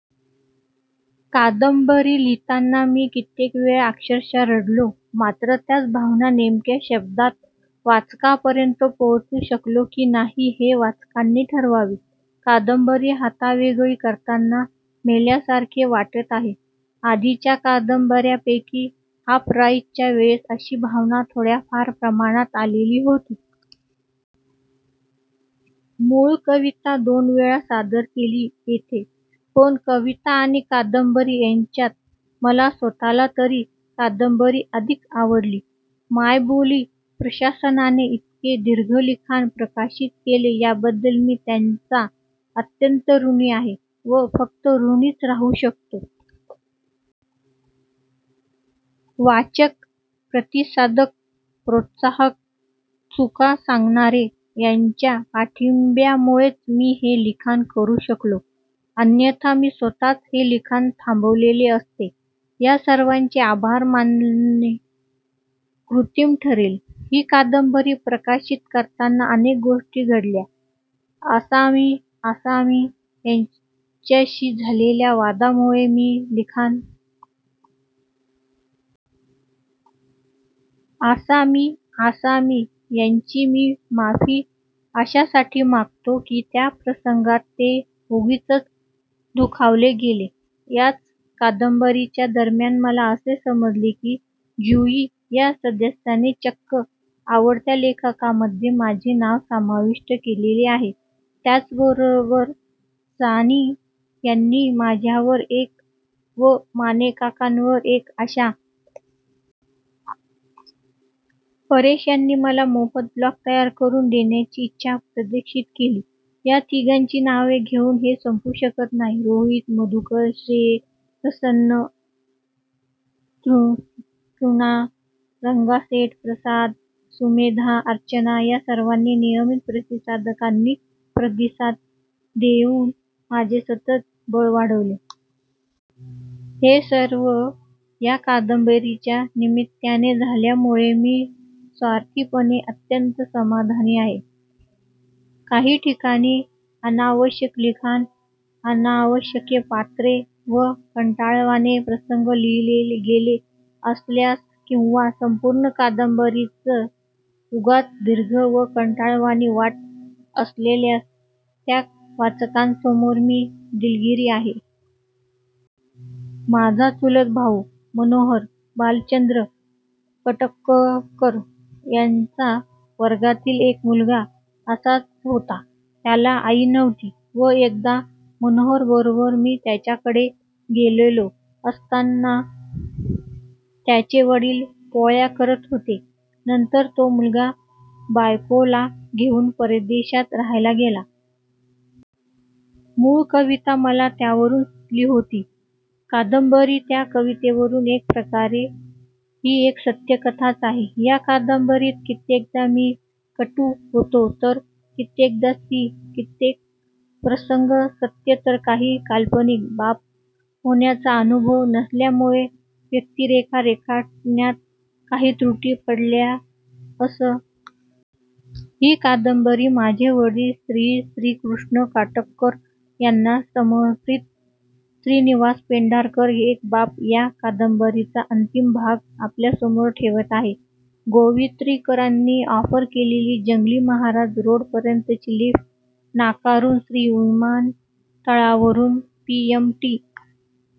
कादंबरी लिहीताना मी कित्येक वेळा अक्षरश रडलो. मात्र त्याच भावना नेमक्या शब्दात वाचकांपर्यंत पोहोचवू शकलो की नाही हे वाचकांनी ठरवावे. कादंबरी हातावेगळी करताना मेल्यासारखे वाटत आहे. आधीच्या कादंबर्यांपैकी हाफ राईसच्या वेळेस अशी भावना थोड्याफार प्रमाणात आलेली होती. मूळ कविता दोन वेळा सादर केली येथे! पण कविता आणि कादंबरी यांच्यात मला स्वतःला तरी कादंबरी अधिक आवडली. मायबोली प्रशासनाने इतके दीर्घ लिखाण प्रकाशित केले याबद्दल मी त्यांचा अत्यंत ऋणी आहे व फक्त ॠणीच राहू शकतो. वाचक, प्रतिसादक, प्रोत्साहक, चुका सांगणारे यांच्या पाठिंब्यामुळेच मी हे लिखाण करू शकलो. अन्यथा मी स्वतःच हे लिखाण थांबवलेले असते. या सर्वांचे आभार मानणे कृत्रिम ठरेल. ही कादंबरी प्रकाशित करताना अनेक गोष्टी घडल्या. असामी असामी यांच्याशी झलेल्या वादामुळे मी लिखाण थांबवले. असामी असामी यांची मी माफी अशासाठी मागतो की त्या प्रसंगात ते उगीचच दुखावले गेले. याच कादंबरीच्या दरम्यान मला असे समजले की जुयी या सदस्याने चक्क आवडत्या लेखकांमधे माझे नाव समाविष्ट केलेले आहे. त्याच बरोबर सानी यांनी माझ्यावर एक व मानेकाकांवर एक अशा दोन कविता रचल्या. परेश यांनी मला मोफत ब्लॉग तयार करून देण्याची इच्छा प्रदर्शित केली. या तिघांची नावे घेऊन हे संपू शकत नाही. रोहित, मधुकर, श्वे, प्रसन्न अ, तृष्णा, रंगासेठ, प्रसाद, सुमेधा, अर्चना या सर्व नियमीत प्रतिसादकांनी प्रतिसाद देऊन माझे सतत बळ वाढवले. हे सर्व या कादंबरीच्या निमित्ताने झाल्यामुळे मी स्वार्थीपणे अत्यंत समाधानी आहे. काही ठिकाणी अनावश्यक लिखाण, अनावश्यक पात्रे व कंटाळवाणे प्रसंग लिहिले गेले असल्यास किंवा संपूर्ण कादंबरीच उगाच दीर्घ व कंटाळवाणी वाटत असल्यास त्या वाचकांसमोर मी दिलगीर आहे. माझा चुलत भाऊ मनमोहन भालचंद्र कटककर याच्या वर्गातील एक मुलगा असाच होता. त्याला आई नव्हती व एकदा मोहनबरोबर मी त्याच्याकडे गेलेलो असताना त्याचे वडील पोळ्या करत होते. नंतर तो मुलगा बायकोला घेऊन परदेशात राहायला गेला. मुळ कविता मला त्यवरून सुचली होती. कादंबरी त्या कवितेवरून! एक प्रकारे ही एक सत्य कथाच आहे. या कादंबरीत कित्येकदा मी गट्टू होतो तर कित्येकदा श्री! कित्येक प्रसंग सत्य तर काही काल्पनिक! बाप होण्याचा अनुभव नसल्यामुळे व्यक्तीरेखा रेखाटण्यात काही त्रुटी पडल्या असतील तर उदार मनाने माफ करावेत अशी विनंती! ही कादंबरी माझे वडील श्री. श्रीकृष्ण कटककर यांना समर्पीत! श्रीनिवास पेंढारकर एक बाप या कादंबरीचा अंतीम भाग आपल्यासमोर ठेवत आहे. गोवित्रीकरांनी ऑफर केलेली जंगली महाराज रोडपर्यंतची लिफ्ट नाकारून श्री विमानतळावरून पी. एम. टी.